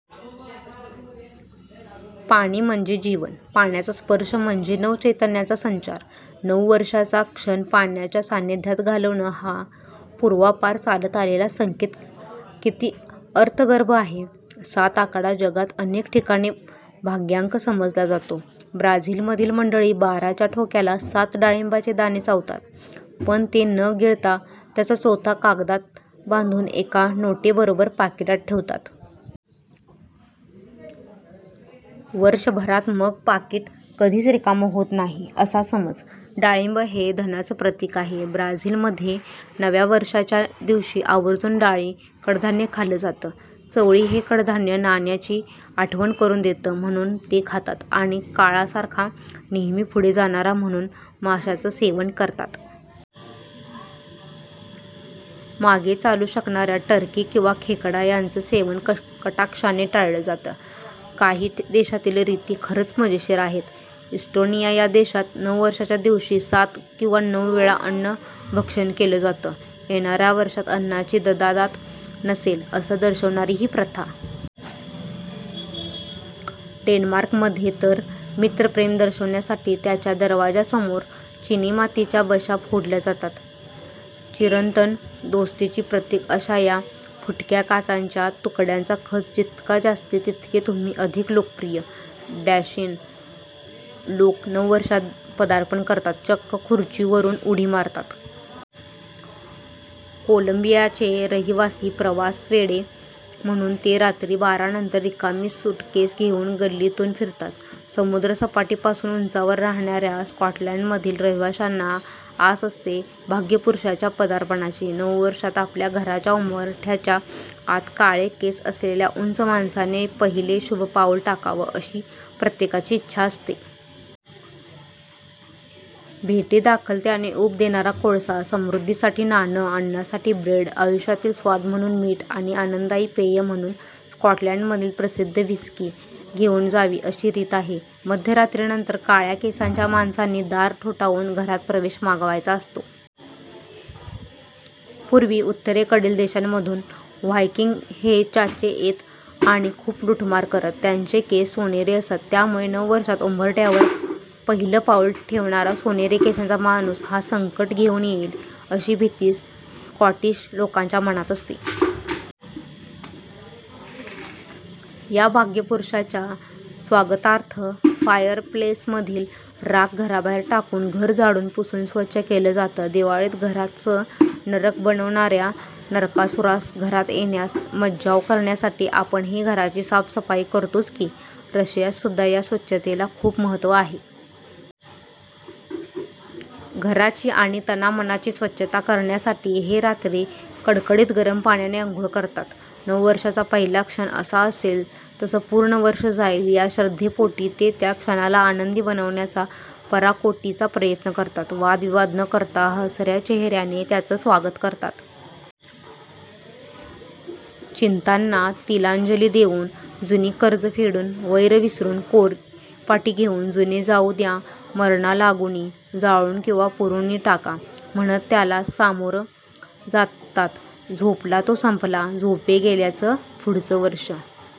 पाणी म्हणजे जीवन. पाण्याचा स्पर्श म्हणजे नवचैतन्याचा संचार! नववर्षाचा क्षण पाण्याच्या सान्निध्यात घालवणं हा पूर्वापार चालत आलेला संकेत किती अर्थगर्भ आहे! सात आकडा जगात अनेक ठिकाणी भाग्यांक समजला जातो. ब्राझीलमधील मंडळी बाराच्या ठोक्याला सात डाळिंबाचे दाणे चावतात, पण ते न गिळता त्याचा चोथा कागदात बांधून एका नोटेबरोबर पाकिटात ठेवतात. वर्षभरात मग पाकीट कधीच रिकामं होत नाही, असा समज! डाळिंब हे धनाचं प्रतीक आहे. ब्राझीलमध्ये नव्या वर्षाच्या दिवशी आवर्जून डाळी, कडधान्य खाल्लं जातं. चवळी हे कडधान्य नाण्याची आठवण करून देतं म्हणून ते खातात आणि काळासारखा नेहमी पुढे जाणारा म्हणून माशाचं सेवन करतात. मागे चालू शकणाऱ्या टर्की किंवा खेकडा यांचं सेवन कटाक्षाने टाळलं जातं. काही देशातील रीती खरंच मजेशीर आहेत. इस्टोनिया या देशात नववर्षाच्या दिवशी सात किंवा नऊ वेळा अन्न भक्षण केलं जातं. येणाऱ्या वर्षात अन्नाची ददात नसेल असं दर्शवणारी ही प्रथा! डेन्मार्कमध्ये तर मित्रप्रेम दर्शवण्यासाठी त्याच्या दरवाजासमोर चिनीमातीच्या बशा फोडल्या जातात. चिरंतन दोस्तीचं प्रतीक अशा या फुटक्या काचांच्या तुकड्यांचा खच जितका जास्ती, तितके तुम्ही अधिक लोकप्रिय. डॅनिश लोक नववर्षात पदार्पण करताना चक्क खुर्चीवरून उडी मारतात. कोलंबियाचे रहिवासी प्रवासवेडे. म्हणून ते रात्री बारानंतर रिकामी सूटकेस घेऊन गल्लीतून फिरतात. समुद्रसपाटीपासून उंचावर राहणाऱ्या स्कॉटलंडमधील रहिवाशांना आस असते भाग्यपुरुषाच्या पदार्पणाची. नववर्षात आपल्या घराच्या उंबरठ्याच्या आत काळे केस असलेल्या उंच माणसाने पहिलं शुभ पाऊल टाकावं अशी प्रत्येकाची इच्छा असते. भेटीदाखल त्याने ऊब देणारा कोळसा, समृद्धीसाठी नाणं, अन्नासाठी ब्रेड, आयुष्यातील स्वाद म्हणून मीठ आणि आनंददायी पेय म्हणून स्कॉटलंडमधील प्रसिद्ध व्हिस्की घेऊन जावी अशी रीत आहे. मध्यरात्रीनंतर काळ्या केसांच्या माणसांनी दार ठोठावून घरात प्रवेश मागायचा असतो. पूर्वी उत्तरेकडील देशांमधून व्हायकिंग हे चाचे येत आणि खूप लूटमार करत. त्यांचे केस सोनेरी असत. त्यामुळे नववर्षात उंबरठ्यावर पहिलं पाऊल ठेवणारा सोनेरी केसांचा माणूस हा संकटं घेऊन येईल अशी भीती स्कॉटिश लोकांच्या मनात असते. या भाग्यपुरुषाच्या स्वागतार्थ फायरप्लेसमधील राख घराबाहेर टाकून, घर झाडून, पुसून स्वच्छ केलं जातं. दिवाळीत घराचं नरक बनवणाऱ्या नरकासुरास घरात येण्यास मज्जाव करण्यासाठी आपणही घराची साफसफाई करतोच की! रशियात सुद्धा या स्वच्छतेला खूप महत्त्व आहे. घराची आणि तनामनाची स्वच्छता करण्यासाठी ते रात्री कडकडीत गरम पाण्याने अंघोळ करतात. नववर्षाचा पहिला क्षण जसा असेल तसं पूर्ण वर्ष जाईल या श्रद्धेपोटी ते त्या क्षणाला आनंदी बनवण्याचा पराकोटीचा प्रयत्न करतात. वादविवाद न करता, हसऱ्या चेहऱ्याने त्याचं स्वागत करतात. चिंतांना तिलांजली देऊन, जुनी कर्जं फेडून, वैर विसरून, कोरी पाटी घेऊन, 'जुने जाऊ द्या मरणालागुनी, जाळून किंवा पुरुनी टाका' म्हणत त्याला सामोरं जातात. 'झोपला तो संपला'! झोपी गेलेल्याचं पुढचं वर्षं